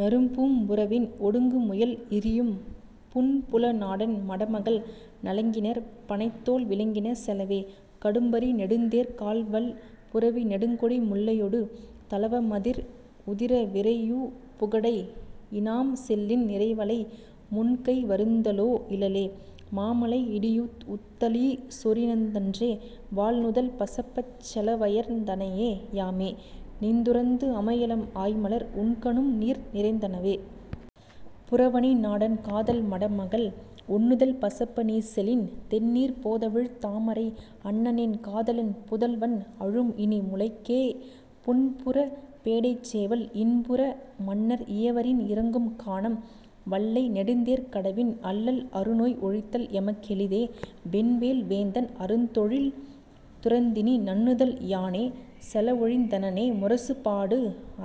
நறும்பூம் புறவின் ஒடுங்குமுயல் இரியும் புன்புல நாடன் மடமகள் நலங்கினர் பணைத்தோள் விலங்கின செலவே. கடும்பரி நெடுந்தேர்க் கால்வல் புரவி நெடுங்கொடி முல்லையொடு தளவமதிர் உதிர விரையுபு கடை இநாம் செல்லின் நிரைவளை முன்கை வருந்தலோ இலளே. மாமலை இடியூஉத் தளீசொரிந் தன்றே வாள்நுதல் பசப்பச் செலவயர்ந் தனையே யாமே நிந்துறந்து அமையலம் ஆய்மலர் உண்கணும் நீர்நிறைந் தனவே. புறவணி நாடன் காதல் மடமகள் ஒண்ணுதல் பசப்ப நீசெலின் தெண்ணீர்ப் போதவிழ் தாமரை அன்னநின் காதலன் புதல்வன் அழும்இனி முலைக்கே புன்புறப் பேடை சேவல் இன்புற மன்னர் இயவரின் இரங்கும் கானம் வல்லை நெடுந்தேர் கடவின் அல்லல் அருநோய் ஒழித்தல் எமக் கெளிதே. வென்வேல் வேந்தன் அருந்தொழில் துறந்தினி நன்னுதல் யானே செலஒழிந் தனனே முரசுபாடு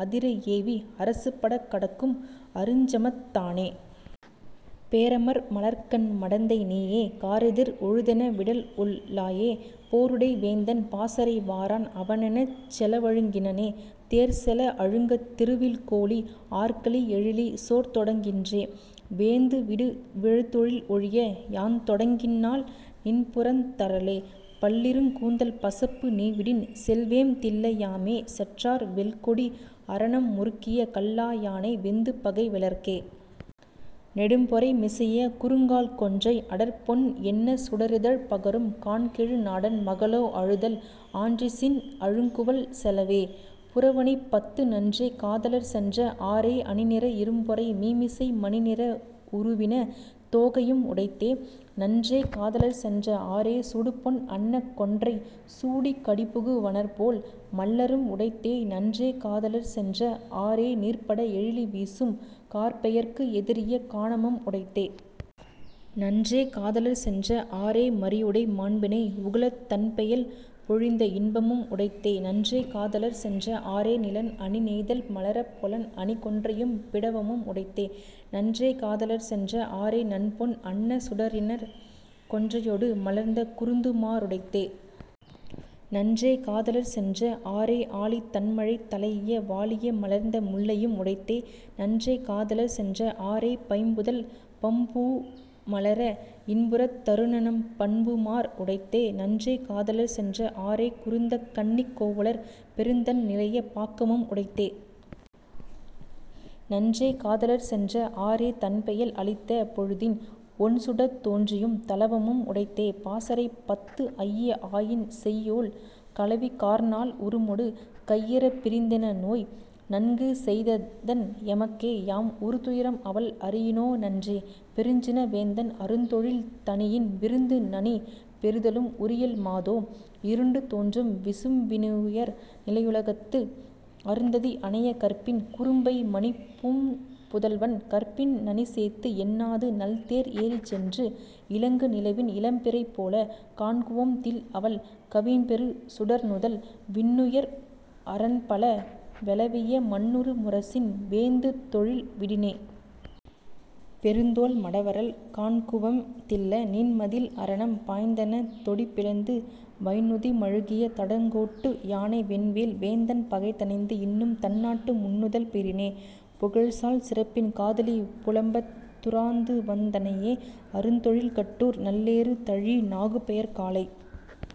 அதிர ஏவி அரசுபடக் கடக்கும் அருஞ்சமத் தானே. பேரமர் மலர்க்கண் மடந்தை நீயே காரெதிர் ஒழுதென விடல்ஒல் லாயே போருடை வேந்தன் பாசறை வாரான் அவனெனச் செலவழுங் கினனே. தேர்செல அழுங்கத் திருவில் கோலி ஆர்கலி எழிலி சோர்தொடங் கின்றே வேந்துவிடு விழுத்தொழில் ஒழிய யாந்தொடங் கின்னால் நின்புரந் தரலே. பல்லிருங் கூந்தல் பசப்பு நீவிடின் செல்வேம் தில்ல யாமே செற்றார் வெல்கொடி அரணம் முருக்கிய கல்லா யானை வெந்துபகை வெலற்கே. நெடும்பொறை மிசைய குறுங்கால் கொன்றை அடர்பொன் என்னச் சுடரிதழ் பகரும் கான்கெழு நாடன் மகளோ அழுதல் ஆன்றிசின் அழுங்குவல் செலவே..புறவணிப் பத்து நன்றே காதலர் சென்ற ஆறே அணிநிற இரும்பொறை மீமிசை மணிநிற உருவின தோகையும் உடைத்தே. நன்றே காதலர் சென்ற ஆறே சுடுபொன் அன்ன கொன்றை சூடிக் கடிபுகு வனர்போல் மள்ளரும் உடைத்தே நன்றே காதலர் சென்ற ஆறே நீர்ப்பட எழிலி வீசும் கார்ப்பெயற்கு எதிரிய கானமும் உடைத்தே. நன்றே காதலர் சென்ற ஆறே மறியுடை மாண்பிணை உகளத் தண்பெயல் பொழிந்த இன்பமும் உடைத்தே. நன்றே காதலர் சென்ற ஆறே நிலன் அணி நெய்தல் மலரப் பொலன்அணி கொன்றையும் பிடவமும் உடைத்தே. நன்றே காதலர் சென்ற ஆறே நன்பொன் அன்ன சுடரிணர்க் கொன்றையொடு மலர்ந்த குருந்துமா ருடைத்தே. நன்றே காதலர் சென்ற ஆறே ஆலித் தண்மழை தலைஇய வாலிய மலர்ந்த முல்லையும் உடைத்தே. நன்றே காதலர் சென்ற ஆறே பைம்புதல் பம்பூ மலர இன்புறத் தருந பண்புமார் உடைத்தே. நன்றே காதலர் சென்ற ஆறே குருந்தக் கண்ணிக் கோவலர் பெருந்தண் நிலைய பாக்கமும் உடைத்தே. நன்றே காதலர் சென்ற ஆறே தன்பெயல் அளித்த பொழுதின் ஒண்சுடர்த் தோன்றியும் தளவமும் உடைத்தே.. பாசறைப் பத்து ஐய ஆயின செய்யோள் களவி கார்நாள் உருமொடு கையறப் பிரிந்தென நோய் நன்கு செய்தன் எமக்கே யாம்உறு துயரம் அவள் அறியினோ நன்றே. பெருஞ்சின வேந்தன் அருந்தொழில் தணியின் விருந்து நனி பெறுதலும் உரியள் மாதோ இருண்டு தோன்றும் விசும்பினுயர் நிலையுலகத்து அருந்ததி அனைய கற்பின் குரும்பை மணிப்பூண் புதல்வன் கற்பின் நனிசேத்து என்னாது நல்தேர் ஏறிச்சென்று இலங்கு நிலவின் இளம்பிறை போலக் காண்குவம் தில்அவள் கவின்பெறு சுடர்நுதல் விண்ணுயர் அரண்பல வெளவிய மண்ணுறு முரசின் வேந்துதொழில் விடினே. பெருந்தோள் மடவரல் காண்குவெம் தில்ல நீண்மதில் அரணம் பாய்ந்தெனத் தொடிபிளந்து வைந்நுதி மழுகிய தடங்கோட்டு யானை வென்வேல் வேந்தன் பகைதணிந்து இன்னும் தன்னாட்டு முன்னுதல் பெறினே. புகழ்சால் சிறப்பின் காதலி புலம்பத் துராந்துவந் தனையே அருந்தொழில் கட்டூர் நல்லேறு தழீஇ நாகுபெயர் காலை